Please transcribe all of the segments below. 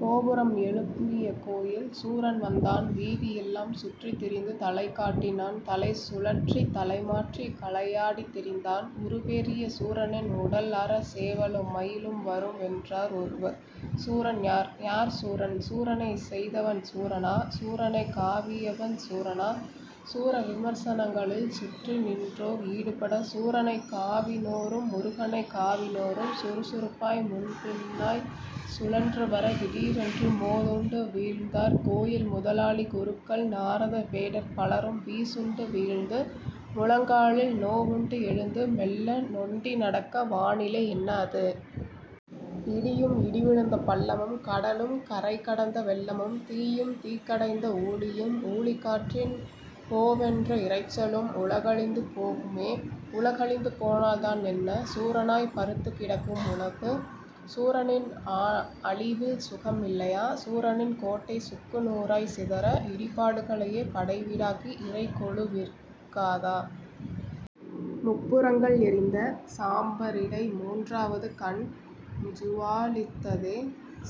கோபுரம் எழும்பிய கோயில். சூரன் வந்தான் வீதியெல்லாம் சுற்றித்திரிந்து தலைகாட்டினான். தலைசுழற்றி தலைமாற்றி கலையாடித் திரிந்தான். உருவேறிய சூரனின் உடல் அற சேவலும் மயிலும் வரும் என்றார் ஒருவர். சூரன் யார்? யார் சூரன்? சூரனைச் செய்தவன் சூரனா? சூரனைக் காவியவன் சூரனா? சூரவிமர்சனங்களில் சுற்றி நின்றோர் ஈடுபட சூரனைக் காவினோரும் முருகனைக் காவினோரும் சுறுசுறுப்பாய் முன்பின்னாய்ச் சுழன்று வர திடீரென்று மோதுண்டு வீழ்ந்தார் கோயில் முதலாளி குருக்கள் நாரத வேடர் பலரும் வீசுண்டு வீழ்ந்து முழங்காலில் நோவுண்டு எழுந்து மெல்ல நொண்டிநடக்க வானிலே என்ன அது? இடியும் இடி விழுந்த பள்ளமும் கடலும் கரைகடந்த வெள்ளமும் தீயும் தீக்கடைந்த ஊழியும் ஊழிக்காற்றின் ஹோவென்ற இரைச்சலும்? உலகழிந்து போகுமே உலகழிந்து போனால் தான் என்ன? சூரனாய்ப் பருத்துக் கிடக்கும் உலகு. சூரனின் அ அழிவில் சுகம் இல்லையா? சூரனின் கோட்டை சுக்கு நூறாய்ச் சிதற இடிபாடுகளையே படைவீடாக்கி இறை கொலுவிருக்காதா? முப்புரங்கள் எரிந்த சாம்பரிடை மூன்றாவது கண் ஜுவாலித்ததே.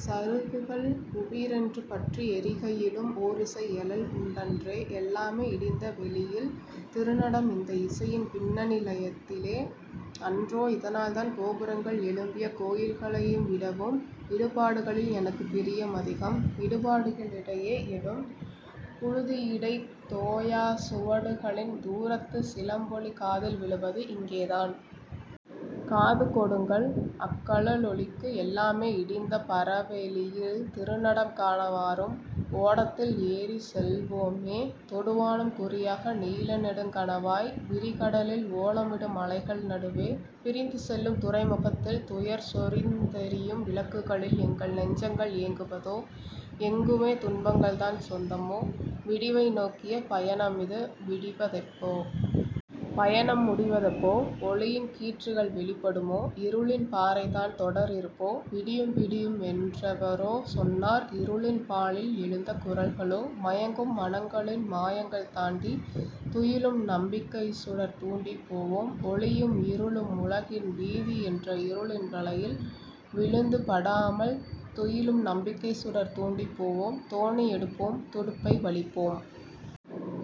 சருகுகள் குபீரென்று பற்றி எரிகையிலும் ஓர் இசை எழல் உண்டன்றே. எல்லாமே இடிந்த வெளியில் திருநடம் இந்த இசையின் பின்னணி லயத்திலே அன்றோ இதனால்தான் கோபுரங்கள் எழும்பிய கோயில்களைவிடவும் இடிபாடுகளில் எனக்குப் பிரியம் அதிகம். இடிபாடுகளிடையே எழும் புழுதியிடைத் தோயாச் சுவடுகளின் தூரத்துச் சிலம்பொலி காதில் விழுவது இங்கேதான். காது கொடுங்கள் அக்கழலொலிக்கு. எல்லாமே இடிந்த பரவெளியில் திருநடம் காண வாரும். ஓடத்தில் ஏறிச் செல்வோமே தொடுவானம் குறியாக நீல நெடுங் கனவாய் விரிகடலில் ஓலமிடும் அலைகள் நடுவே. பிரிந்து செல்லும் துறைமுகத்தில்-துயர் சொரிந்தெரியும் விளக்குகளில் எங்கள் நெஞ்சங்கள் ஏங்குவதோ? எங்குமே துன்பங்கள்தான் சொந்தமோ? விடிவை நோக்கிய பயணமிது விடிவதெப்போ? பயணம் முடிவதெப்போ? ஒளியின் கீற்றுகள் வெளிப்படுமோ? இருளின் பாறைதான் தொடர் இருப்போ? விடியும் விடியும் என்றெவரோ சொன்னார் இருளின் பாழில் எழுந்த குரல்களோ? மயங்கும் மனங்களின் மாயங்கள் தாண்டி துயிலும் நம்பிக்கைச் சுடர் தூண்டிப் போவோம். ஒளியும் இருளும் உலகின் விதி என்ற இருளின் வலையில் விழுந்து படாமல் துயிலும் நம்பிக்கைச் சுடர் தூண்டிப் போவோம் தோணி எடுத்தோம் துடுப்பை வலிப்போம்.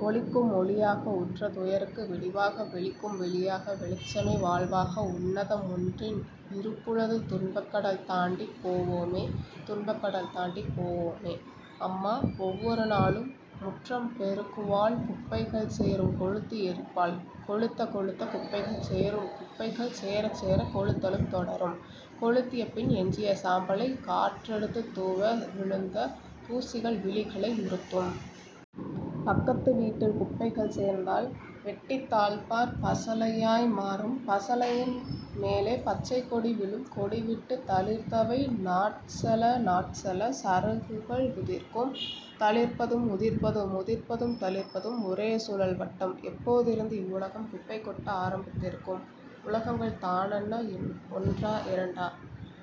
ஒளிக்கும் ஒளியாக உற்ற துயருக்கு விடிவாக வெளிக்கும் வெளியாக வெளிச்சமே வாழ்வாக உன்னதம் ஒன்றின் இருப்புளது துன்பக் கடல் தாண்டிப் போவோமே துன்பக் கடல் தாண்டிப் போவோமே. அம்மா ஒவ்வொரு நாளும் முற்றம் பெருக்குவாள் குப்பைகள் சேரும் கொளுத்தி எரிப்பாள். கொளுத்தக் கொளுத்தக் குப்பைகள் சேரும் குப்பைகள் சேரச்சேர கொளுத்தலும் தொடரும் கொளுத்திய பின் எஞ்சிய சாம்பலை காற்றெடுத்துத் தூவ விழுந்த தூசிகள் விழிகளை உறுத்தும். பக்கத்து வீட்டில் குப்பைகள் சேர்ந்தால் வெட்டித் தாழ்ப்பார் பசளையாய் மாறும் பசளையின் மேலே பச்சை கொடி விழும் கொடிவிட்டுத் தளிர்த்தவை நாட்செல நாட்செல சருகுகள் உதிர்க்கும். தளிர்ப்பதும் உதிர்ப்பதும் உதிர்ப்பதும் தளிர்ப்பதும் ஒரே சுழல் வட்டம். எப்போதிருந்து இவ்வுலகம் குப்பை கொட்ட ஆரம்பித்திருக்கும்? உலகங்கள் தானென்ன ஒன்றா இரண்டா?